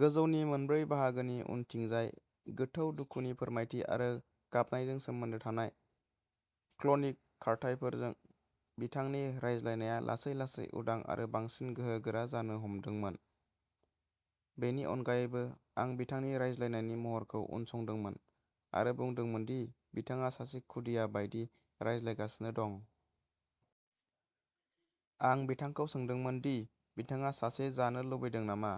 गोजौनि मोनब्रै बाहागोनि उनथिंजाय। गोथौ दुखुनि फोरमायथि आरो गाबनायजों सोमोन्दो थानाय क्लनिक खारथाइफोरजों, बिथांनि रायज्लायनाया लासै-लासै उदां आरो बांसिन गोहोगोरा जानो हमदोंमोन। बेनि अनगायैबो, आं बिथांनि रायज्लायनायनि महरखौ उनसंदोंमोन आरो बुंदोंमोन दि बिथाङा सासे खुदिया बायदि रायज्लायगासिनो दं। आं बिथांखौ सोंदोंमोन दि बिथाङा सासे जानो लुबैदों नामा।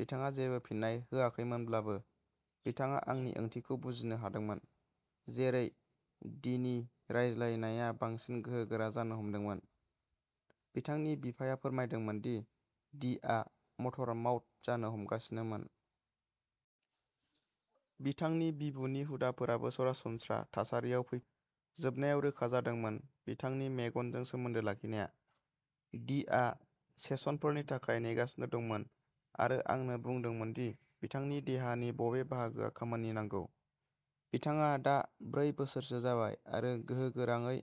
बिथाङा जेबो फिननाय होआखैमोनब्लाबो, बिथाङा आंनि ओंथिखौ बुजिनो हादोंमोन। जेरै डीनि रायज्लायनाया बांसिन गोहोगोरा जानो हमदोंमोन, बिथांनि बिफाया फोरमायदोंमोन दि डीआ मटर माउथ जानो हमगासिनोमोन। बिथांनि बिबुनि हुदाफोराबो सरासनस्रा थासारियाव फैफिनो। जोबनायाव रोखा जादोंमोन बिथांनि मेगनजों सोमोन्दो लाखिनाया। डीआ सेसनफोरनि थाखाय नेगासिनो दंमोन आरो आंनो बुंदोंमोन दि बिथांनि देहानि बबे बाहागोआ खामानि नांगौ। बिथाङा दा ब्रै बोसोरसो जाबाय आरो गोहोगोराङै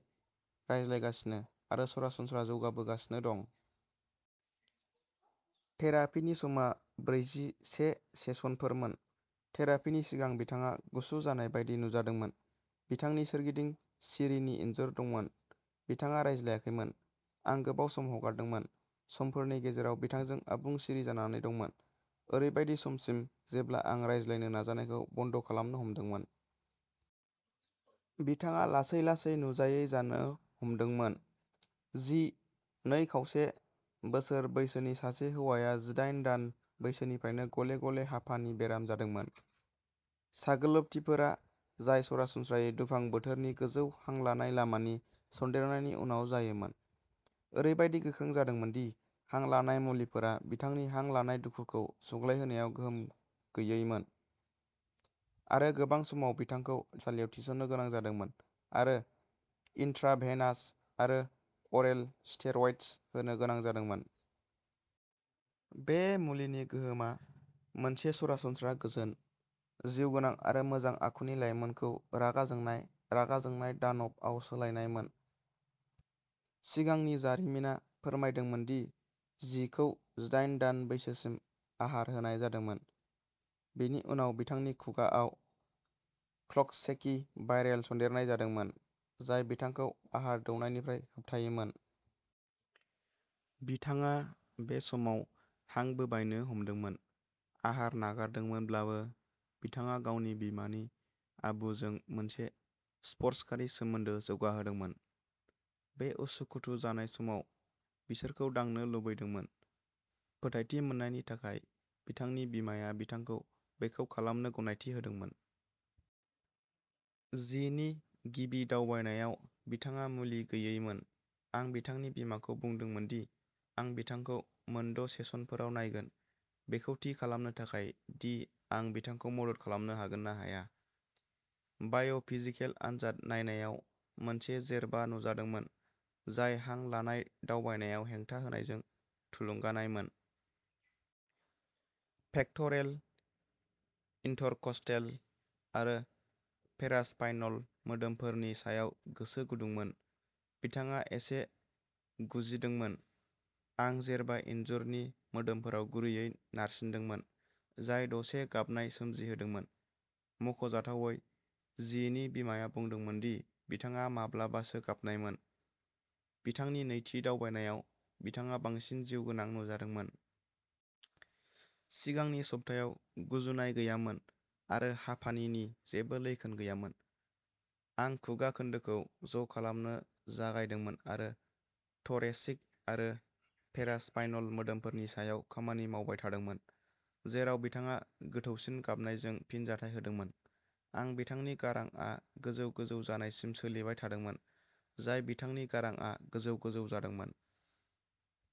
रायज्लायगासिनो आरो सरासनस्रा जौगाबोगासिनो दं। थेरापीनि समा ब्रैजि-से सेसनफोरमोन। थेरापीनि सिगां बिथाङा गुसु जानाय बायदि नुजादोंमोन, बिथांनि सोरगिदिं सिरिनि इनजुर दंमोन। बिथाङा रायज्लायाखैमोन। आं गोबाव सम हगारदोंमोन। समफोरनि गेजेराव बिथांजों आबुं सिरि जानानै दंमोन, ओरैबायदि समसिम जेब्ला आं रायज्लायनो नाजानायखौ बन्द' खालामनो हमदोंमोन। बिथाङा लासै-लासै नुजायै जानो हमदोंमोन। जि, नै खावसे बोसोर बैसोनि सासे हौवाया जिदाइन दान बैसोनिफ्रायनो गले-गले हापानि बेराम जादोंमोन। गाग्लोबथिफोरा, जाय सरासनस्रायै दुफां बोथोरनि गोजौ हां लानाय लामानि सन्देरनायनि उनाव जायोमोन, ओरैबायदि गोख्रों जादोंमोन दि हां लानाय मुलिफोरा बिथांनि हां लानाय दुखुखौ सुग्लायहोनायाव गोहोम गैयैमोन, आरो गोबां समाव बिथांखौ देहा फाहामसालियाव थिसननो गोनां जादोंमोन आरो इन्ट्राभेनास आरो अरेल स्टेरइड्स होनो गोनां जादोंमोन। बे मुलिनि गोहोमा मोनसे सरासनस्रा गोजोन, जिउगोनां आरो मोजां आखुनि लाइमोनखौ रागा जोंनाय, रागा जोंनाय दानबआव सोलायनायमोन। सिगांनि जारिमिना फोरमायदोंमोन दि जिखौ जिदाइन दान बैसोसिम आहार होनाय जादोंमोन। बिनि उनाव बिथांनि खुगाआव कक्ससेकि भाइरेल सन्देरनाय जादोंमोन, जाय बिथांखौ आहार दौनायनिफ्राय होबथायोमोन। बिथाङा बे समाव हां बोबायनो हमदोंमोन। आहार नागारदोंमोनब्लाबो, बिथाङा गावनि बिमानि आबुजों मोनसे स्पर्शकारि सोमोनदो जौगाहोदोंमोन। आरो उसुखुथु जानाय समाव बिसोरखौ दांनो लुबैदोंमोन। फोथायथि मोन्नायनि थाखाय, बिथांनि बिमाया बिथांखौ बेखौ खालामनो गनायथि होदोंमोन। जिनि गिबि दावबायनायाव बिथाङा मुलि गैयैमोन। आं बिथांनि बिमाखौ बुंदोंमोन दि आं बिथांखौ मोनद' सेसनफोराव नायगोन बेखौ थि खालामनो थाखाय दि आं बिथांखौ मदद खालामनो हागोन ना हाया। बाय'फिजिकेल आनजाद नायनायाव मोनसे जेरबा नुजादोंमोन जाय हां लानाय दावबायनायाव हेंथा होनायजों थुलुंगानायमोन। पेक्ट'रेल, इन्टरकस्टेल आरो पेरास्पाइनल मोदोमफोरनि सायाव गोसो गुदुंमोन। बिथाङा एसे गुजिदोंमोन। आं जेरबा इन्जुरनि मोदोमफोराव गुरैयै नारसिनदोंमोन जाय दसे गाबनाय सोमजिहोदोंमोन। मख'जाथावै, जिनि बिमाया बुंदोंमोन दि बिथाङा माब्लाबासो गाबनायमोन। बिथांनि नैथि दावबायनायाव बिथाङा बांसिन जिउगोनां नुजादोंमोन। सिगांनि सप्तायाव गुजुनाय गैयामोन आरो हापानिनि जेबो लैखोन गैयामोन। आं खुगा खोन्दोखौ ज' खालामनो जागायदोंमोन आरो थ'रेसिक आरो पेरास्पाइनल मोदोमफोरनि सायाव खामानि मावबाय थादोंमोन, जेराव बिथाङा गोथौसिन गाबनायजों फिनजाथाय होदोंमोन। आं बिथांनि गारांआ गोजौ-गोजौ जानायसिम सोलिबाय थादोंमोन, जाय बिथांनि गारांआ गोजौ-गोजौ जादोंमोन।